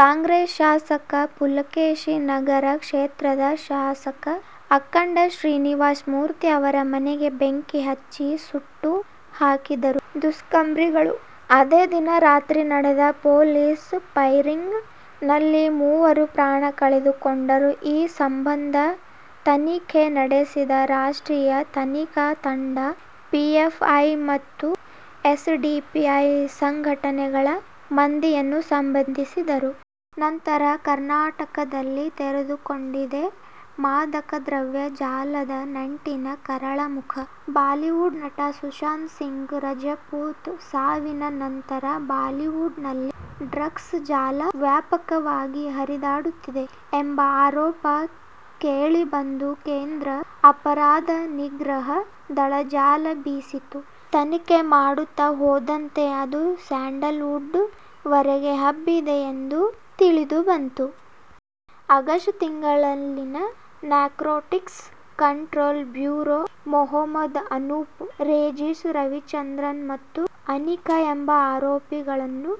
ಕಾಂಗ್ರೆಸ್ ಶಾಸಕ ಪುಲಕೇಶಿ ನಗರ ಕ್ಷೇತ್ರದ ಶಾಸಕ ಅಖಂಡ ಶ್ರೀನಿವಾಸ ಮೂರ್ತಿ ಅವರ ಮನೆಗೆ ಬೆಂಕಿ ಹಚ್ಚಿ ಸುಟ್ಟು ಹಾಕಿದರು ದುಷ್ಕರ್ಮಿಗಳು. ಅದೇ ದಿನ ರಾತ್ರಿ ನಡೆದ ಪೊಲೀಸ್ ಫೈರಿಂಗ್ ನಲ್ಲಿ ಮೂವರು ಪ್ರಾಣ ಕಳೆದುಕೊಂಡರು. ಈ ಸಂಬಂಧ ತನಿಖೆ ನಡೆಸಿದ ರಾಷ್ಟ್ರೀಯ ತನಿಖಾ ತಂಡ ಪಿಎಫ್ಐ ಮತ್ತು ಎಸ್ ಡಿಪಿಐ ಸಂಘಟನೆಗಳ ಮಂದಿಯನ್ನು ಬಂಧಿಸಿದರು. ನಂತರ ಕರ್ನಾಟಕದಲ್ಲಿ ತೆರೆದುಕೊಂಡಿದ್ದೇ ಮಾದಕದ್ರವ್ಯ ಜಾಲದ ನಂಟಿನ ಕರಾಳ ಮುಖ. ಬಾಲಿವುಡ್ ನಟ ಸುಶಾಂತ್ ಸಿಂಗ್ ರಜಪೂತ್ ಸಾವಿನ ನಂತರ ಬಾಲಿವುಡ್ ನಲ್ಲಿ ಡ್ರಗ್ಸ್ ಜಾಲ ವ್ಯಾಪಕವಾಗಿ ಹರಿದಾಡುತ್ತಿದೆ ಎಂಬ ಆರೋಪ ಕೇಳಿಬಂದು ಕೇಂದ್ರ ಅಪರಾಧ ನಿಗ್ರಹ ದಳ ಜಾಲ ಬೀಸಿತು, ತನಿಖೆ ಮಾಡುತ್ತಾ ಹೋದಂತೆ ಅದು ಸ್ಯಾಂಡಲ್ ವುಡ್ ವರೆಗೆ ಹಬ್ಬಿದೆ ಎಂದು ತಿಳಿದುಬಂತು. ಆಗಸ್ಟ್ ತಿಂಗಳಲ್ಲಿ narcotics control bureau Mohammed Anoop, Rejish Raveendran ಮತ್ತು ಅನಿಖಾ ಎಂಬ ಆರೋಪಿಗಳನ್ನು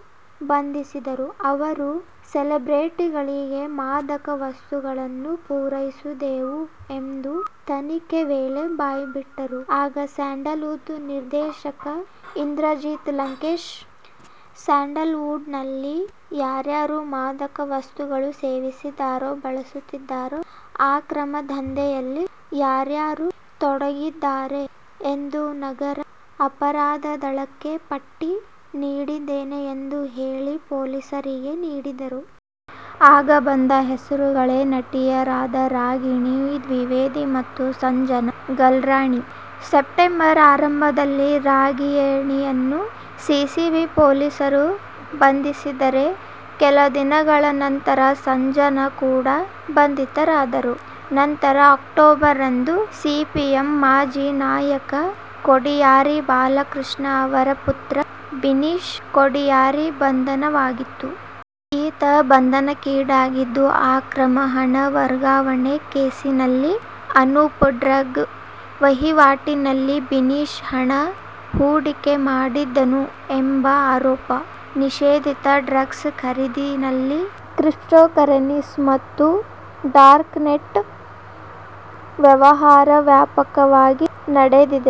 ಬಂಧಿಸಿದರು. ಇವರು ಸೆಲೆಬ್ರಿಟಿಗಳಿಗೆ ಮಾದಕ ವಸ್ತುಗಳನ್ನು ಪೂರೈಸುತ್ತಿದ್ದೆವು ಎಂದು ತನಿಖೆ ವೇಳೆ ಬಾಯಿಬಿಟ್ಟರು. ಆಗ ಸ್ಯಾಂಡಲ್ ವುಡ್ ನಿರ್ದೇಶಕ ಇಂದ್ರಜಿತ್ ಲಂಕೇಶ್, ಸ್ಯಾಂಡಲ್ ವುಡ್ ನಲ್ಲಿ ಯಾರ್ಯಾರು ಮಾದಕ ವಸ್ತು ಸೇವಿಸುತ್ತಾರೆ, ಬಳಸುತ್ತಾರೆ, ಅಕ್ರಮ ದಂಧೆಯಲ್ಲಿ ಯಾರ್ಯಾರು ತೊಡಗಿದ್ದಾರೆ ಎಂದು ನಗರ ಅಪರಾಧ ದಳಕ್ಕೆ ಪಟ್ಟಿ ನೀಡುತ್ತೇನೆ ಎಂದು ಹೇಳಿ ಪೊಲೀಸರಿಗೆ ನೀಡಿದರು. ಆಗ ಬಂದ ಹೆಸರುಗಳೇ ನಟಿಯರಾದ ರಾಗಿಣಿ ದ್ವಿವೇದಿ ಮತ್ತು ಸಂಜನಾ ಗಲ್ರಾಣಿ. ಸೆಪ್ಟೆಂಬರ್ ಆರಂಭದಲ್ಲಿ ರಾಗಿಣಿಯನ್ನು ಸಿಸಿಬಿ ಪೊಲೀಸರು ಬಂಧಿಸಿದರೆ, ಕೆಲ ದಿನಗಳ ನಂತರ ಸಂಜನಾ ಕೂಡ ಬಂಧಿತರಾದರು. ನಂತರ ಅಕ್ಟೋಬರ್ ರಂದು, ಸಿಪಿಎಂ ಮಾಜಿ ನಾಯಕ ಕೊಡಿಯಾರಿ ಬಾಲಕೃಷ್ಣ ಅವರ ಪುತ್ರ ಬಿನೀಶ್ ಕೊಡಿಯಾರಿ ಬಂಧನವಾಯಿತು. ಈತ ಬಂಧನಕ್ಕೀಡಾಗಿದ್ದು ಅಕ್ರಮ ಹಣ ವರ್ಗಾವಣೆ ಕೇಸಿನಲ್ಲಿ. ಅನೂಪ್ ಡ್ರಗ್ ವಹಿವಾಟಿನಲ್ಲಿ ಬಿನೀಶ್ ಹಣ ಹೂಡಿಕೆ ಮಾಡಿದ್ದನು ಎಂಬ ಆರೋಪ. ನಿಷೇಧಿತ ಡ್ರಗ್ಸ್ ಖರೀದಿಯಲ್ಲಿ ಕ್ರಿಪ್ಟೊಕರೆನ್ಸಿ ಮತ್ತು ಡಾರ್ಕ್ ನೆಟ್ ವ್ಯವಹಾರ ವ್ಯಾಪಕವಾಗಿ ನಡೆದಿದೆ